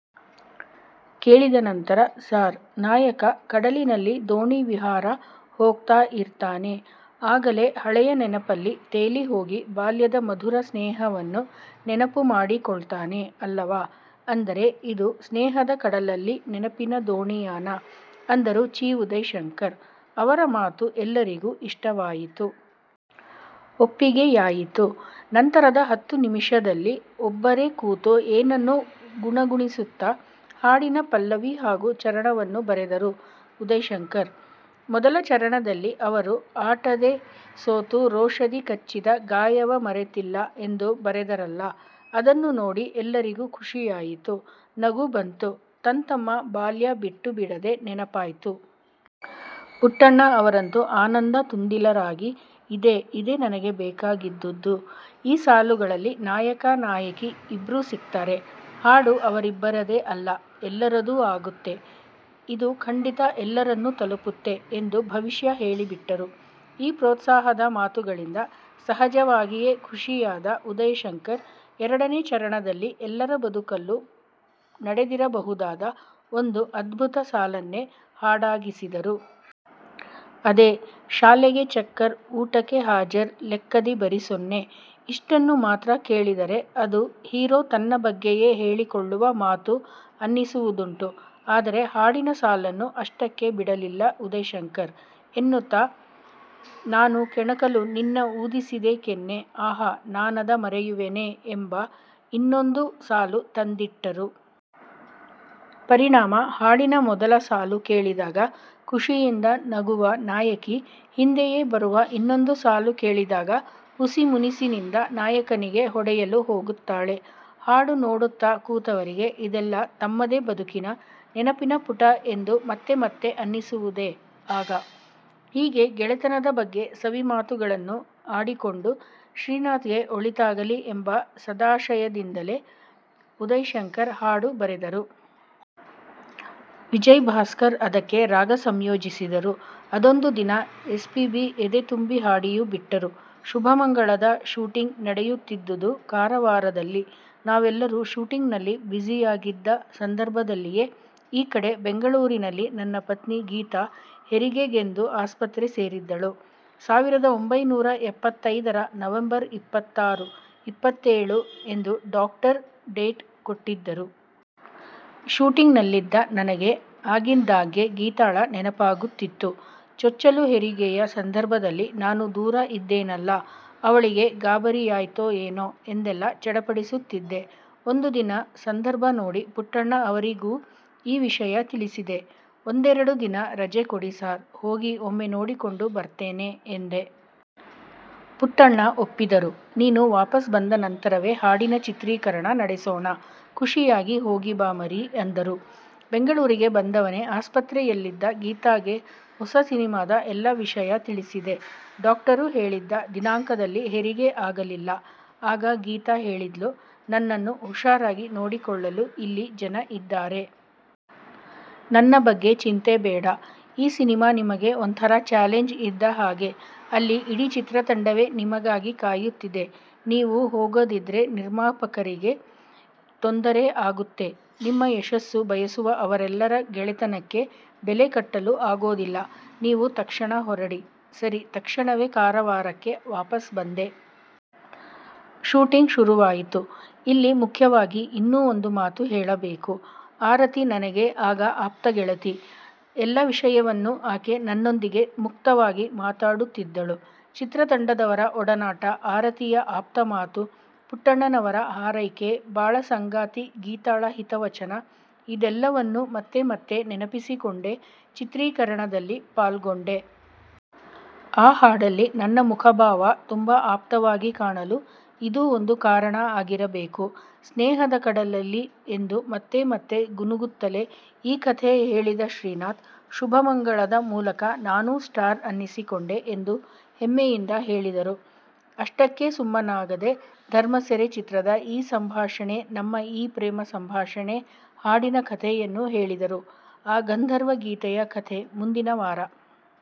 ಕೇಳಿದ ನಂತರ 'ಸಾರ್, ನಾಯಕ ಕಡಲಿನಲ್ಲಿ ದೋಣಿ ವಿಹಾರ ಹೋಗ್ತಾ ಇರ್ತಾನೆ. ಆಗಲೇ ಹಳೆಯ ನೆನಪಲ್ಲಿ ತೇಲಿ ಹೋಗಿ ಬಾಲ್ಯದ ಮಧುರ ಸ್ನೇಹವನ್ನು ನೆನಪು ಮಾಡಿಕೊಳ್ತಾನೆ ಅಲ್ಲವಾ? ಅಂದರೆ, ಇದು ಸ್ನೇಹದ ಕಡಲಲ್ಲಿ ನೆನಪಿನ ದೋಣಿಯಾನ. ಅಂದರು ಚಿ. ಉದಯಶಂಕರ್. ಅವರ ಮಾತು ಎಲ್ಲರಿಗೂ ಇಷ್ಟವಾಯಿತು. ಒಪ್ಪಿಗೆಯಾಯತು. ನಂತರದ ಹತ್ತು ನಿಮಿಷದಲ್ಲಿ ಒಬ್ಬರೇ ಕೂತು ಏನನ್ನೋ ಗುಣಗುಣಿಸುತ್ತಾ ಹಾಡಿನ ಪಲ್ಲವಿ ಹಾಗೂ ಚರಣವನ್ನು ಬರೆದರು ಉದಯಶಂಕರ್. ಮೊದಲ ಚರಣದಲ್ಲಿ ಅವರು-'ಆಟದೆ ಸೋತೂ ರೋಷದಿ ಕಚ್ಚಿದ ಗಾಯವ ಮರೆತಿಲ್ಲ' ಎಂದು ಬರೆದರಲ್ಲ? ಅದನ್ನು ನೋಡಿ ಎಲ್ಲರಿಗೂ ಖುಷಿಯಾಯಿತು. ನಗು ಬಂತು. ತಂತಮ್ಮ ಬಾಲ್ಯ ಬಿಟ್ಟೂ ಬಿಡದೆ ನೆನಪಾಯ್ತು. ಪುಟ್ಟಣ್ಣ ಅವರಂತೂ ಆನಂದ ತುಂದಿಲರಾಗಿ-ಇದೇ, ಇದೇ ನನಗೆ ಬೇಕಾಗಿದ್ದುದ್ದು. ಈ ಸಾಲುಗಳಲ್ಲಿ ನಾಯಕ-ನಾಯಕಿ ಇಬ್ರೂ ಸಿಕ್ತಾರೆ. ಹಾಡು ಅವರಿಬ್ಬರದೇ ಅಲ್ಲ, ಎಲ್ಲರದೂ ಆಗುತ್ತೆ. ಇದು ಖಂಡಿತ ಎಲ್ಲರನ್ನೂ ತಲುಪುತ್ತೆ ಎಂದು ಭವಿಷ್ಯ ಹೇಳಿಬಿಟ್ಟರು. ಈ ಪ್ರೋತ್ಸಾಹದ ಮಾತುಗಳಿಂದ ಸಹಜವಾಗಿಯೇ ಖುಷಿಯಾದ ಉದಯಶಂಕರ್, ಎರಡನೇ ಚರಣದಲ್ಲಿ ಎಲ್ಲರ ಬದುಕಲ್ಲೂ ನಡೆದಿರಬಹುದಾದ ಒಂದು ಅದ್ಭುತ ಸಾಲನ್ನೇ ಹಾಡಾಗಿಸಿದರು. ಅದೇ-ಶಾಲೆಗೆ ಚಕ್ಕರ್, ಊಟಕೆ ಹಾಜರ್ ಲೆಕ್ಕದಿ ಬರಿ ಸೊನ್ನೆ' ಇಷ್ಟನ್ನು ಮಾತ್ರ ಕೇಳಿದರೆ-ಅದು, ಹೀರೊ ತನ್ನ ಬಗ್ಗೆಯೇ ಹೇಳಿಕೊಳ್ಳುವ ಮಾತು ಅನ್ನಿಸುವುದುಂಟು. ಆದರೆ ಹಾಡಿನ ಸಾಲನ್ನು ಅಷ್ಟಕ್ಕೇ ಬಿಡಲಿಲ್ಲ ಉದಯಶಂಕರ್ ಎನ್ನುತ ನಾನು ಕೆಣಕಲು ನಿನ್ನ ಊದಿಸಿದೇ ಕೆನ್ನೆ, ಆಹಾ ನಾನದ ಮರೆಯುವೆನೇ ' ಎಂಬ ಇನ್ನೊಂದು ಸಾಲು ತಂದಿಟ್ಟರು. ಪರಿಣಾಮ, ಹಾಡಿನ ಮೊದಲ ಸಾಲು ಕೇಳಿದಾಗ ಖುಷಿಯಿಂದ ನಗುವ ನಾಯಕಿ ಹಿಂದೆಯೇ ಬರುವ ಇನ್ನೊಂದು ಸಾಲು ಕೇಳಿದಾಗ ಹುಸಿ ಮುನಿಸಿನಿಂದ ನಾಯಕನಿಗೆ ಹೊಡೆಯಲು ಹೋಗುತ್ತಾಳೆ. ಹಾಡು ನೋಡುತ್ತಾ ಕೂತವರಿಗೆ ಇದೆಲ್ಲಾ ತಮ್ಮದೇ ಬದುಕಿನ, ನೆನಪಿನ ಪುಟ ಎಂದು ಮತ್ತೆ ಮತ್ತೆ ಅನ್ನಿಸುವುದೇ ಆಗ. ಹೀಗೆ, ಗೆಳೆತನದ ಬಗ್ಗೆ ಸವಿ ಮಾತುಗಳನ್ನು ಆಡಿಕೊಂಡು, ಶ್ರೀನಾಥ್ಗೆ ಒಳಿತಾಗಲಿ, ಎಂಬ ಸದಾಶಯದಿಂದಲೇ ಉದಯಶಂಕರ್ ಹಾಡು ಬರೆದರು. ವಿಜಯಭಾಸ್ಕರ್ ಅದಕ್ಕೆ ರಾಗ ಸಂಯೋಜಿಸಿದರು. ಅದೊಂದು ದಿನ ಎಸ್ಪೀಬಿ-ಎದೆ ತುಂಬಿ ಹಾಡಿಯೂ ಬಿಟ್ಟರು. 'ಶುಭಮಂಗಳ'ದ ಶೂಟಿಂಗ್ ನಡೆಯುತ್ತಿದ್ದುದು ಕಾರವಾರದಲ್ಲಿ ನಾವೆಲ್ಲರೂ ಶೂಟಿಂಗ್ನಲ್ಲಿ 'ಬ್ಯುಸಿ'ಯಾಗಿದ್ದ ಸಂದರ್ಭದಲ್ಲಿಯೇ ಈ ಕಡೆ ಬೆಂಗಳೂರಿನಲ್ಲಿ ನನ್ನ ಪತ್ನಿ ಗೀತಾ, ಹೆರಿಗೆಗೆಂದು ಆಸ್ಪತ್ರೆ ಸೇರಿದ್ದಳು. ಸಾವಿರದ ಒಂಭೈನೂರ ಎಪ್ಪತ್ತೈದರ ನವೆಂಬರ್ ಇಪ್ಪತ್ತಾರು, ಇಪ್ಪತ್ತೆಳು ಎಂದು ಡಾಕ್ಟರು ಡೇಟ್ ಕೊಟ್ಟಿದ್ದರು. ಶೂಟಿಂಗ್ನಲ್ಲಿದ್ದ ನನಗೆ ಆಗಿಂದಾಗ್ಗೆ ಗೀತಾಳ ನೆನಪಾಗುತ್ತಿತ್ತು. ಚೊಚ್ಚಲು ಹೆರಿಗೆಯ ಸಂದರ್ಭದಲ್ಲಿ ನಾನು ದೂರ ಇದ್ದೇನಲ್ಲ? ಅವಳಿಗೆ ಗಾಬರಿಯಾಯ್ತೋ ಏನೋ ಎಂದೆಲ್ಲಾ ಚಡಪಡಿಸುತ್ತಿದ್ದೆ. ಒಂದು ದಿನ ಸಂದರ್ಭ ನೋಡಿ ಪುಟ್ಟಣ್ಣ ಅವರಿಗೂ ಈ ವಿಷಯ ತಿಳಿಸಿದೆ'. ಒಂದೆರಡು ದಿನ ರಜೆ ಕೊಡಿ ಸಾರ್, ಹೋಗಿ ಒಮ್ಮೆ ನೋಡಿಕೊಂಡು ಬರ್ತೇನೆ' ಎಂದೆ. ಪುಟ್ಟಣ್ಣ ಒಪ್ಪಿದರು. 'ನೀನು ವಾಪಸ್ ಬಂದ ನಂತರವೇ ಹಾಡಿನ ಚಿತ್ರೀಕರಣ ನಡೆಸೋಣ. ಖುಷಿಯಾಗಿ ಹೋಗಿ ಬಾ ಮರೀ' ಅಂದರು. ಬೆಂಗಳೂರಿಗೆ ಬಂದವನೇ ಆಸ್ಪತ್ರೆಯಲ್ಲಿದ್ದ ಗೀತಾಗೆ ಹೊಸ ಸಿನಿಮಾದ ಎಲ್ಲ ವಿಷಯ ತಿಳಿಸಿದೆ. ಡಾಕ್ಟರು ಹೇಳಿದ್ದ ದಿನಾಂಕದಲ್ಲಿ ಹೆರಿಗೆ ಆಗಲಿಲ್ಲ. ಆಗ ಗೀತಾ ಹೇಳಿದ್ಲು: 'ನನ್ನನ್ನು ಹುಷಾರಾಗಿ ನೋಡಿಕೊಳ್ಳಲು ಇಲ್ಲಿ ಜನ ಇದ್ದಾರೆ. ನನ್ನ ಬಗ್ಗೆ ಚಿಂತೆ ಬೇಡ. ಈ ಸಿನಿಮಾ ನಿಮಗೆ ಒಂಥರಾ ಛಾಲೆಂಜ್ ಇದ್ದ ಹಾಗೆ. ಅಲ್ಲಿ ಇಡೀ ಚಿತ್ರತಂಡವೇ ನಿಮಗಾಗಿ ಕಾಯುತ್ತಿದೆ. ನೀವು ಹೋಗದಿದ್ರೆ ನಿರ್ಮಾಪಕರಿಗೆ ತೊಂದರೆ ಆಗುತ್ತೆ. ನಿಮ್ಮ ಯಶಸ್ಸು ಬಯಸುವ ಅವರೆಲ್ಲರ ಗೆಳೆತನಕ್ಕೆ ಬೆಲೆ ಕಟ್ಟಲು ಆಗೋದಿಲ್ಲ. ನೀವು ತಕ್ಷಣ ಹೊರಡಿ' ಸರಿ, ತಕ್ಷಣವೇ ಕಾರವಾರಕ್ಕೆ ವಾಪಸ್ ಬಂದೆ. ಶೂಟಿಂಗ್ ಶುರುವಾಯಿತು. ಇಲ್ಲಿ ಮುಖ್ಯವಾಗಿ ಇನ್ನೂ ಒಂದು ಮಾತು ಹೇಳಬೇಕು. ಆರತಿ ನನಗೆ ಆಗ ಆಪ್ತ ಗೆಳತಿ. ಎಲ್ಲ ವಿಷಯವನ್ನೂ ಆಕೆ ನನ್ನೊಂದಿಗೆ ಮುಕ್ತವಾಗಿ ಮಾತಾಡುತ್ತಿದ್ದಳು. ಚಿತ್ರತಂಡದವರ ಒಡನಾಟ, ಆರತಿಯ ಆಪ್ತ ಮಾತು, ಪುಟ್ಟಣ್ಣನವರ ಹಾರೈಕೆ, ಬಾಳಸಂಗಾತಿ ಗೀತಾಳ ಹಿತವಚನ ಇದೆಲ್ಲವನ್ನೂ ಮತ್ತೆ ಮತ್ತೆ ನೆನಪಿಸಿಕೊಂಡೇ ಚಿತ್ರೀಕರಣದಲ್ಲಿ ಪಾಲ್ಗೊಂಡೆ. ಆ ಹಾಡಲ್ಲಿ ನನ್ನ ಮುಖಭಾವ ತುಂಬ ಆಪ್ತವಾಗಿ ಕಾಣಲು ಇದೂ ಒಂದು ಕಾರಣ ಆಗಿರಬೇಕು. 'ಸ್ನೇಹದ ಕಡಲಲ್ಲೀ' ಎಂದು ಮತ್ತೆ ಮತ್ತೆ ಗುನುಗುತ್ತಲೇ ಈ ಕಥೆ ಹೇಳಿದ ಶ್ರೀನಾಥ್, 'ಶುಭಮಂಗಳ'ದ ಮೂಲಕ ನಾನೂ 'ಸ್ಟಾರ್' ಅನ್ನಿಸಿಕೊಂಡೆ ಎಂದು ಹೆಮ್ಮೆಯಿಂದ ಹೇಳಿದರು. ಅಷ್ಟಕ್ಕೇ ಸುಮ್ಮನಾಗದೆ 'ಧರ್ಮಸೆರೆ' ಚಿತ್ರದ ' ಈ ಸಂಭಾಷಣೆ ನಮ್ಮ ಈ ಪ್ರೇಮ ಸಂಭಾಷಣೆ' ಹಾಡಿನ ಕಥೆಯನ್ನೂ ಹೇಳಿದರು. ಆ ಗಂಧರ್ವ ಗೀತೆಯ ಕಥೆ ಮುಂದಿನವಾರ.